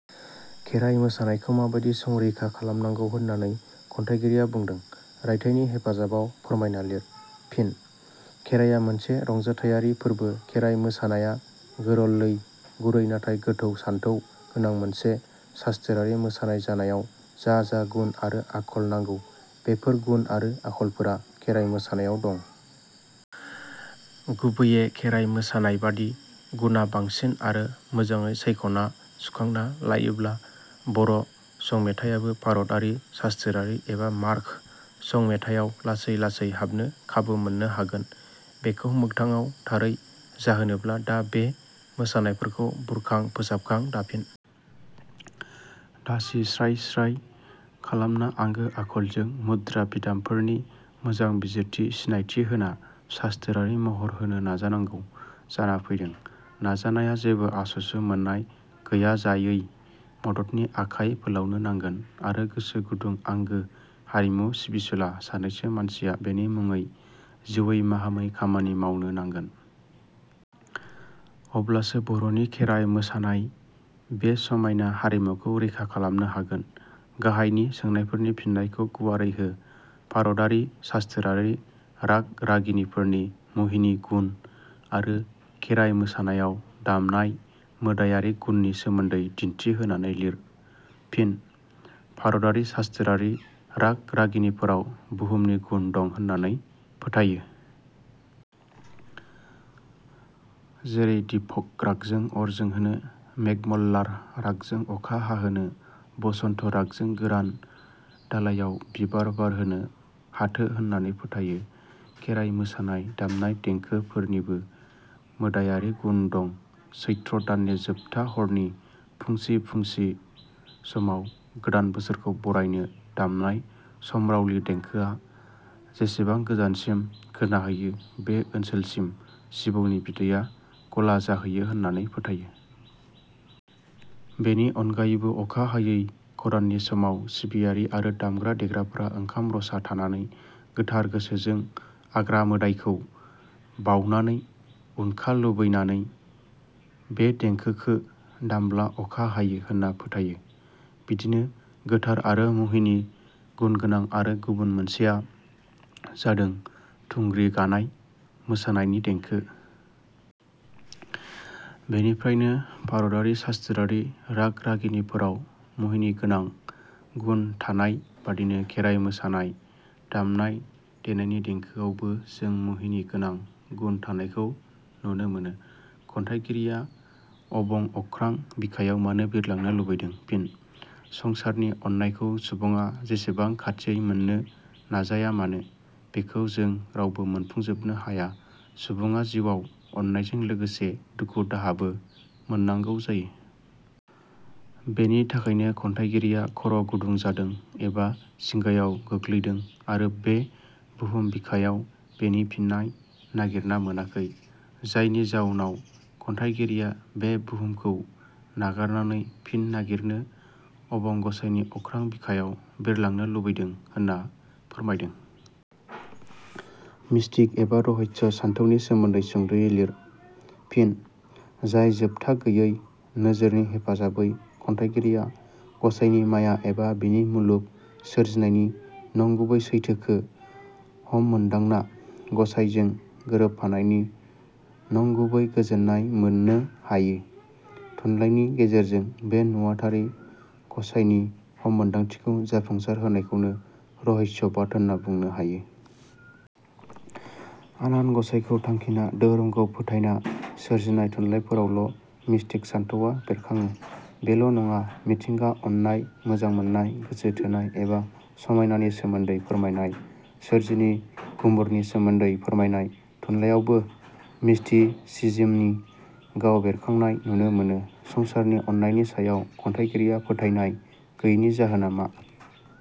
खेराय मोसानायखौ माबादि संरैखा खालामनांगौ होननानै रायथाइगिरिया बुंदों रायथाइनि हेफाजाबाव फोरमायना लिर। फिन: खेराया मोनसे रंजाथायारि फोरबो खेराइ मोसानाया गोरललै, गुरै नाथाय गोथौ सानथौ गोनां मोनसे सास्थोरारि मोसानाय जानायाव जा जा गुण आरो आखल नांगौ बेफोर गुण आरो आखलफोरा खेराइ मोसानायाव दं। गुबैये खेराइ मोसानायबादि गुणा बांसिन आरो मोजाङै सायखना सुखांना लायोब्ला बर' संमेथायाबो भारतारि सास्थोरारि एबा मार्ग संमेथायाव लासै लासै हाबनो खाबु मोननो हागोन। बेखौ मोगथाङाव थारै जाहोनोब्ला दा बे मोसानायफोरखौ बुरखां फोसाबखां, दाफिन दासि स्राय स्राय खालामना आंगो आखलजों मुद्रा, बिदाम फोरनि मोजां बिजिरथि, सिनायथि होना सास्थोरारि महर होनो नाजानांगौ जाना फैदों नाजानाया जेबो आसु-सु मोननाय गैयाजायै मददनि आखाइ फोलावनो नांगोन आरो गोसो गुदं आंगो हारिमु सिबिसुला सानैसो मानसिया बेनि मुङै जिउवै- माहामै खामानि मावनो नांगोन। अब्लासो बर'नि खेराइ मोसानाय बे समायना हारिमुखो रैखा खालामनो हागोन।. गाहायनि सोंनायफोरनि फिननायखौ गुवारै हो भारतारि सास्थोरारि राग-रागिनिफोरनि मुहिनि गुन आरो खेराय मोसानायाव दामनाय मोदायारि गुननि सोमोन्दै दिन्थि होनानै लिर। फिन: भारतारि सास्थोरारि राग-रागिनिफोराव मुहिनि गुन दं होननानै फोथायो। जेरै दीपक रागजों अर जोंहोनो, मेघमल्लार रागजों अखा हाहोनो, बसन्त रागजों गोरान दालायाव बिबार बारहोनो हाथो होननानै फोथायो। खेराइ मोसानाय दामनाय देंखोफोरनिबो मोदायारि गुन दं सैत्र दाननि जोबथा हरनि फुंसि फुंसि समाव गोदान बोसोरखौ बरायनो दामनाय सम्रावलि देंखोआ जेसेबां गोजानसिम खोनाहैयो बे ओनसोलसिम जिबौनि बिदैया गला जाहैयो होननानै फोथायो। बेनि अनगायैबो अखा हायै खराननि समाव सिबियारि आरो दामग्रा देग्राफोरा ओंखाम रसा थानानै गोथार गोसोजों आग्रा मोदायखौ बावनानै उनखा लुबैनानै बे देंखोखो दामब्ला अखा हायो होनना फोथायो। बिदिनो गोथार आरो मुहिनि गुनगोनां आरो गुबुन मोनसेया जादों थुग्रि गानाय मोसानायनि देंखो। बेनिफ्रायनो भारतारि सास्थोरारि राग-रागिनि फोराव मुहिनि गोनां गुन थानाय बादिनो खेराइ मोसानाय दामनाय देनायनि देंखोआवबो जों मुहिनि गोनां गुण थानायखौ नुनो मोनो। खन्थाइगिरिया अबं अख्रां बिखायाव मानो बिरलांनो लुबैदों? फिनः संसारनि अननायखौ सुबुङा जेसेबां खाथियै मोननो नाजायामानो बेखौ जों रावबो मोनफुंजोबनो हाया सुबुङा जिउवाव अननायजों लोगोसे दुखु दाहाबो मोननांगौ जायो। बेनि थाखायनो खन्थाइगिरिया खर' गुदुं जादों एबा जिंगायाव गोग्लैदों आरो बे बहुम बिखायाव बेनि फिननाय नागिरना मोनाखै। जायनि जाउनाव खन्थाइगिरिया बे बहुमखौ नागारनानै फिन नागिरनो अबं गसाइनि अख्रां बिखायाव बिरलांनो लुबैदों होनना फोरमायदों। मिष्टिक एबा रहस्य सान्थौनि सोमोन्दै सुंदयै लिर। फिनः जाय जोबथा गैयै नोजोरनि हेफाजाबै खन्थाइगिरिया गसाइनि माया एबा बिनि मुलुग सोरजिनायनि नंगुबै सैथोखो हममोन्दांना गसाइजों गोरोबफानायनि नंगुबै गोजोननाय मोननो हायो, थुनलाइनि गेजेरजों बे नुवाथारि गसाइनि हममोन्दांथिखौ जाफुंसार होनायखौनो रहस्यबाद होनना बुंनो हायो। आनान गसाइखौ थांखिना, दोहोरोमखौ फोथायना सोरजिनाय थुनलाइफोरावल' मिष्टिक सानथौवा बेरखाङो, बेल' नङा मिथिंगा, अननाय, मोजां मोननाय, गोसो थोनाय एबा समायनानि सोमोन्दै फोरमायनाय, सोरजिनि गुमुरनि सोमोन्दै फोरमायनाय थुनलाइयावबो मिष्टिसिजिमनि गाव बेरखांनाय नुनो मोनो। संसारनि अनायनि सायाव खन्थाइगिरिया फोथायनाय गैयैनि जाहोना मा?